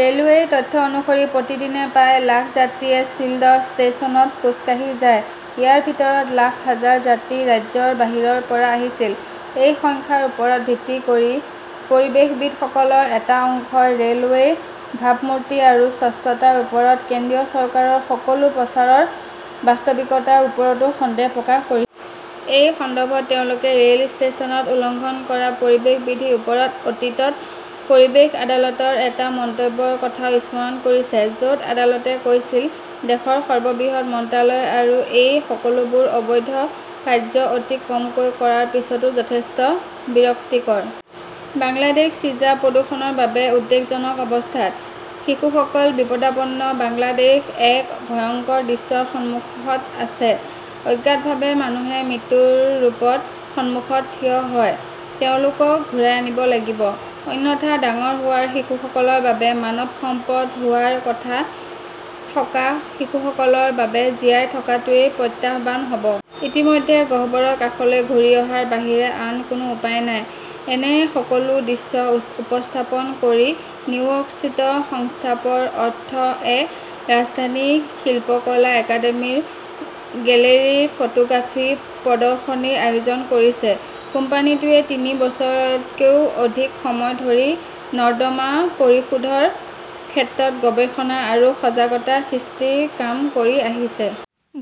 ৰে'লৱেৰ তথ্য অনুসৰি প্ৰতিদিনে প্ৰায় লাখ যাত্ৰীয়ে শ্বিলদহ ষ্টেচনত খোজ কাঢ়ি যায়। ইয়াৰ ভিতৰত লাখ হাজাৰ যাত্ৰী ৰাজ্যৰ বাহিৰৰ পৰা আহিছিল। এই সংখ্যাৰ ওপৰত ভিত্তি কৰি পৰিৱেশবিদসকলৰ এটা অংশই ৰে'লৱেৰ ভাবমূৰ্তি আৰু স্বচ্ছতাৰ ওপৰত কেন্দ্ৰীয় চৰকাৰৰ সকলো প্ৰচাৰৰ বাস্তৱিকতাৰ ওপৰতো সন্দেহ প্ৰকাশ কৰিছে। এই সন্দৰ্ভত তেওঁলোকে ৰে'ল ষ্টেচনত উলংঘন কৰা পৰিৱেশ বিধিৰ ওপৰত অতীতত পৰিৱেশ আদালতৰ এটা মন্তব্যৰ কথাও স্মৰণ কৰিছে। য 'ত আদালতে কৈছিল, দেশৰ সৰ্ববৃহৎ মন্ত্ৰালয় ৰ এই সকলোবোৰ অবৈধ কাৰ্য্য অতি কমকৈ কোৱাৰ পিছতো যথেষ্ট বিৰক্তিকৰ। বাংলাদেশ চিজা প্ৰদূষণৰ বাবে উদ্বেগজনক অৱস্থাত, শিশুসকল বিপদাপন্ন বাংলাদেশ এক ভয়ংকৰ দৃশ্যৰ সন্মুখত আছে। অজ্ঞাতভাৱে মানুহে মৃত্যুৰ ৰূপৰ সন্মুখত থিয় হয়। তেওঁলোকক ঘূৰাই আনিব লাগিব। অন্যথা ডাঙৰ হোৱা শিশুসকলৰ বাবে, মানৱ সম্পদ হোৱাৰ কথা থকা শিশুসকলৰ বাবে জীয়াই থকাটোৱেই প্ৰত্যাহ্বান হ'ব। ইতিমধ্যে গহ্বৰৰ কাষলৈ ঘূৰি অহাৰ বাহিৰে আৰু কোনো উপায় নাই। এনে সকলো দৃশ্য উপস্থাপন কৰি নিউয়ৰ্কস্থিত সংস্থাপৰ আৰ্থ এ ৰাজধানীৰ শিল্পকলা একাডেমীৰ গেলেৰীত ফটোগ্ৰাফী প্ৰদৰ্শনীৰ আয়োজন কৰিছে। কোম্পানীটোৱে তিনি বছৰতকৈও অধিক সময় ধৰি নৰ্দমা প্ৰতিৰোধৰ ক্ষেত্ৰত গৱেষণা আৰু সজাগতা সৃষ্টিৰ কাম কৰি আহিছে।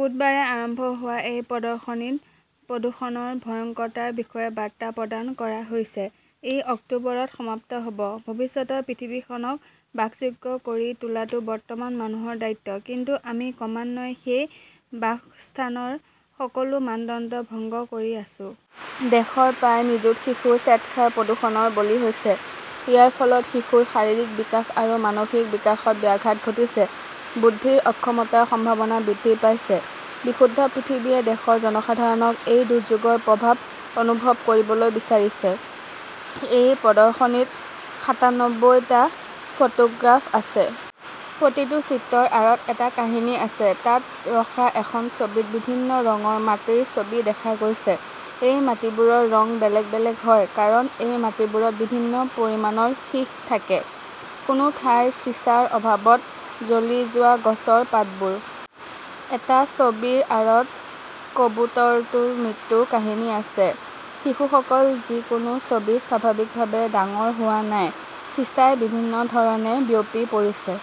বুধবাৰে আৰম্ভ হোৱা এই প্ৰদৰ্শনীত প্ৰদূষণৰ ভয়ংকৰতাৰ বিষয়ে বাৰ্তা প্ৰদান কৰা হৈছে। ই অক্টোবৰত সমাপ্ত হয়। ভৱিষ্যতৰ পৃথিৱীখনক বাসযোগ্য কৰি তোলাটো বৰ্তমানৰ মানুহৰ দায়িত্ব। কিন্তু আমি ক্ৰমান্বয়ে সেই বাসস্থানৰ সকলো মানদণ্ড ভংগ কৰি আছো। দেশৰ প্ৰায় নিযুত শিশু শ্বেতসাৰ প্ৰদূষণৰ বলি হৈছে। ইয়াৰ ফলত শিশুৰ শাৰীৰিক বিকাশ আৰু মানসিক বিকাশত ব্যাঘাত ঘটিছে। বুদ্ধিৰ অক্ষমতাৰ সম্ভাৱনা বৃদ্ধি পাইছে। বিশুদ্ধ পৃথিৱীয়ে দেশৰ জনসাধাৰণক এই দুৰ্যোগৰ প্ৰভাৱ অনুভৱ কৰিবলৈ বিচাৰিছে। এই প্ৰদৰ্শনীত সাতানব্বৈ টা ফটোগ্ৰাফ আছে। প্ৰতিটো চিত্ৰৰ আঁৰত এটা কাহিনী আছে। তাত ৰখা এখন ছবিত বিভিন্ন ৰঙৰ মাটিৰ ছবি দেখা গৈছে। এই মাটিবোৰৰ ৰং বেলেগ বেলেগ হয় কাৰণ সেই মাটিবোৰত বিভিন্ন পৰিমাণৰ সীহ থাকে। কোনো ঠাইত চিছাৰ প্ৰভাৱত জ্বলি যোৱা গছৰ পাতবোৰ। এটা ছবিৰ আঁৰত কবুতৰটোৰ মৃত্যুৰ কাহিনী আছে। শিশুসকল যি কোনো ছবিত স্বাভাৱিকভাৱে ডাঙৰ হোৱা নাই। চিছাই বিভিন্ন ধৰণে বিয়পি পৰিছে।